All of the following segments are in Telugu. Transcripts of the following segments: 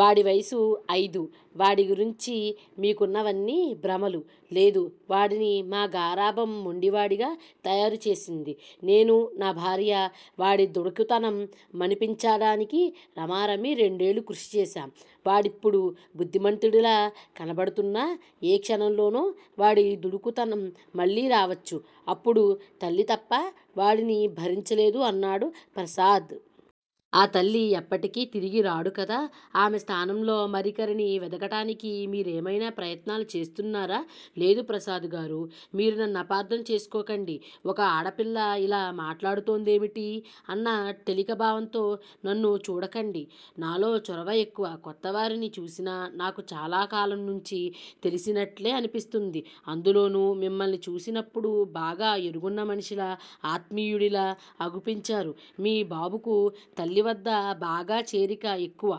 వాడి వయసు అయిదు వాడిగురించి మీకున్నవన్నీ భ్రమలు లేదు వాడిని మా గారాబం మొండివాడుగా తయారుచేసింది. నేను, న భార్య వాడి దుడుకుతనం మనిపించాడానికి రమారమి రెండేళ్ళు కృష్టి చేశాం వాడిప్పుడు బుద్ధిమంతుడిలా కనబడుతున్నా ఏ క్షణంలోనో వాడి దుడుకుతనం మళ్ళీరావచ్చు. అప్పుడు తల్లితప్ప వాడిని భరించలేదు అన్నాడు ప్రసాద్. ఆ తల్లి ఎప్పటికి తిరిగిరాడు కదా! ఆమె స్థానంలో మరికరిని వెదకడానికి మీరేమైనా ప్రయత్నాలు చేస్తున్నారా? లేదు ప్రసాదుగారూ మీరునన్నపార్దంచేసుకోకండి ఒక ఆడపిల్ల ఇలా మాట్లాడుతొందేమిటీ అన్న టెలికభావంతో నన్ను చూడకండి. నాలో చొరవ ఎక్కువ కొత్తవారిని చూసినా నాకు చాలాకాలంనుంచి తెలిసినట్లే అనిపిస్తుంది. అందులోనూ మిమ్మల్ని చూసినప్పుడు బాగా ఎరుగున్నమనిషిలా అత్మీయుడిలా అగుపించారు మీ బాబుకు తల్లివద్ద బాగాచేరిక ఎక్కువ.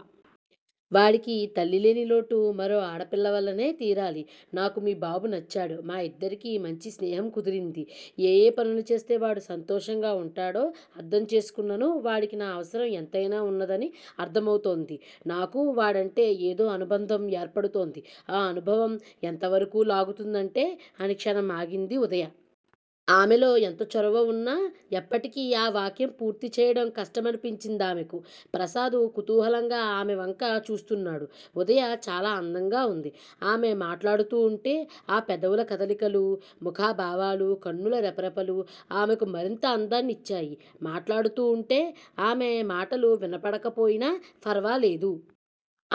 వాడికి తల్లిలేనిలోటు మరోఆడపిల్లవల్లనే తీరాలి. నాకు మీ బాబు నచ్చాడు. మా ఇద్దరికీ మంచి స్నేహంకుదిరింది. ఏయే పనులు చేస్తే వాడు సంతోషంగా వుంటాడో అర్ధంచేసుకున్నను వాడికి నా అవసరం ఎంతైనా వున్నదని అర్ధమవుతోంది. నాకూ వాడంటే ఏదో అనుబంధం ఏర్పడుతోంది ఆ అనుభవం ఎంతవరకూ లాగుతుందంటే అని క్షణం ఆగింది ఉదయ. ఆమెలో ఎంత చొరవ వున్న ఎప్పటికీ ఆ వాక్యం పూర్తీచేయడం కష్టమనిపించిందామెకు. ప్రసాదు కుతూహలంగా ఆమెవంక చూస్తున్నాడు. ఉదయ చాలా అందంగావుంది. ఆమె మాట్లాడుతూంటే ఆ పెదవుల కదలికలు, ముఖాభావాలు, కన్నుల రెపరెపలు ఆమెకు మరింత అందాన్ని నిచ్చాయి. మాట్లాడుతూంటే ఆమె మాటలు వినబడకపోయినా ఫర్వాలేదు.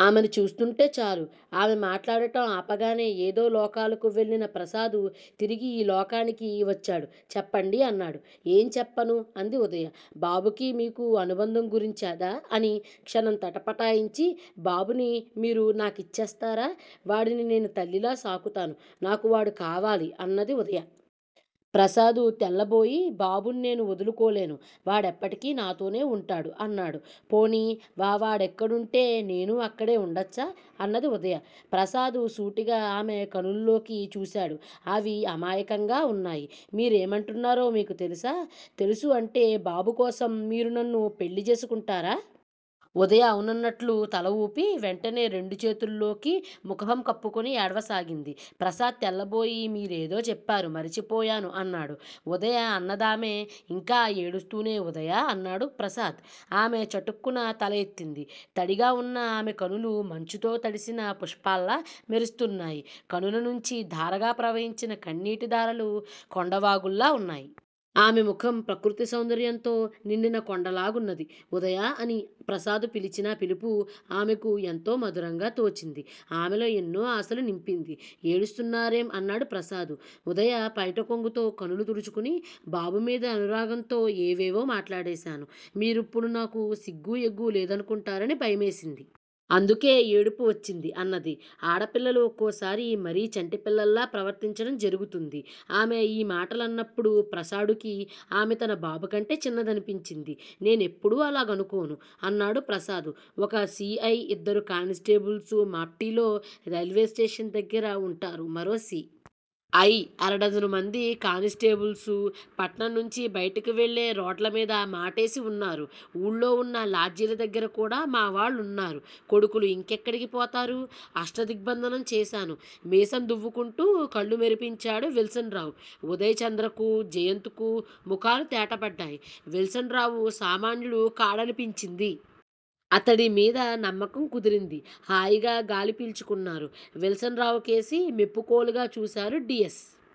ఆమెను చూస్తుంటే చాలు. ఆమె మాట్లాడటం ఆపగానే ఏదో లోకాలకు వెళ్ళిన ప్రసాదు తిరిగి ఈ లోకానికి వచ్చాడు చెప్పండి! అన్నాడు. ఏంచెప్పను? అంది ఉదయ. బాబుకీ మీకూ అనుబంధం గురించి అదా? అని క్షణం తటపటాయించి బాబుని మీరు నాకిచ్చేస్తారా? వాడిని నేను తల్లిలా సాకుతాను నాకు వాడు కావాలి అన్నది ఉదయ. ప్రసాదు తెల్లబోయి __ బాబును నేను వదులుకోలేను. వాడేప్పటికి నాతోనే వుంటాడు అన్నాడు. పోనీ వావాడేక్కడుంటే నేనూ అక్కడే ఉండొచ్చా? అన్నది ఉదయ. ప్రసాదు సూటిగా ఆమె కనులలోకి చూశాడు. అవి అమాయకంగా ఉన్నాయి. మీరేమంటున్నారో మీకు తెలుసా? తెలుసు అంటే బాబుకోసం మీరు నన్ను పెళ్ళిచేసుకుంటారా? ఉదయ అవునన్నట్లు తలఊపి వెంటనే రెండుచేతుల్లోకి ముకహం కప్పుకుని ఏడ్వసాగింది. ప్రసాద్ తెల్లబోయి మీరేదో చెప్పారు. మరచిపోయాను అన్నాడు. ఉదయ అన్నదామె ఇంకా ఏడుస్తూనే ఉదయా! అన్నాడు ప్రసాదు. ఆమె చటుక్కున తలఎత్తింది. తడిగా ఉన్న ఆమెకనులు మంచుతో తడిసిన పుష్పాల్లా మెరుస్తున్నాయి. కనులనుంచి ధారగా ప్రవహించిన కన్నీటి దారులు కొండవాగుల్లా ఉన్నాయి. ఆమె ముఖం ప్రకృతి సౌందర్యంతో నిండిన కొండలాగున్నది. ఉదయా అని ప్రసాదు పిలిచినా పిలుపు ఆమెకు ఎంతో మధురంగా తోచింది. ఆమెలో ఎన్నో ఆశలునింపింది. ఏడుస్తున్నారేం? అన్నాడు ప్రసాదు. ఉదయ పైటకొంగుతో కనులుతుడుచుకుని బాబుమీద అనురాగంతో ఏవేవో మాట్లాడేశాను. మీరిప్పుడు నాకు సిగ్గూఎగ్గూ లేదనుకుంటారని భయమేసింది. అందుకే ఏడుపు వచ్చింది. అన్నది. ఆడపిల్లలు ఒకోసారి మరీ చంటి పిల్లల్లా ప్రవర్తించడం జరుగుతుంది. ఆమె ఈమాటలన్నప్పుడు ప్రసాడుకి ఆమె తన బాబుకంటే చిన్నదనిపించింది. నేనెప్పుడూ అలాగనుకొను అన్నాడు ప్రసాదు. ఒక సి. ఐ. ఇద్దరు కానిస్టేబుల్సూ, మాప్టీలో రైల్వేస్టేషన్ దగ్గిర వుంటారు. మరో సి. ఐ. అరడజనుమంది కానిస్టేబుల్సూ పట్నంనుంచి బయటికి వెళ్ళే రోడ్లమీద మాటేసివున్నారు. ఊళ్ళో వున్న లాడ్జీలదగ్గర కూడా మావాళ్ళున్నారు. కొడుకులు! ఇంకెక్కడికి పోతారు? అష్టదిగ్భంధనం చేశాను. మీసం దువ్వుకుంటూ కళ్ళు మెరిపించాడు విల్సన్ రావు. ఉదయ్ చంద్రకూ, జయంత్ కూ ముఖాలు తేటబడ్డాయి. విల్సన్ రావు సామాన్యుడు కాడనిపించింది. అతడిమీద నమ్మకం కుదిరింది. హాయిగా గాలి పీల్చుకున్నారు. విల్సన్ రావుకేసి మెప్పుకోలుగా చూశారు. డియస్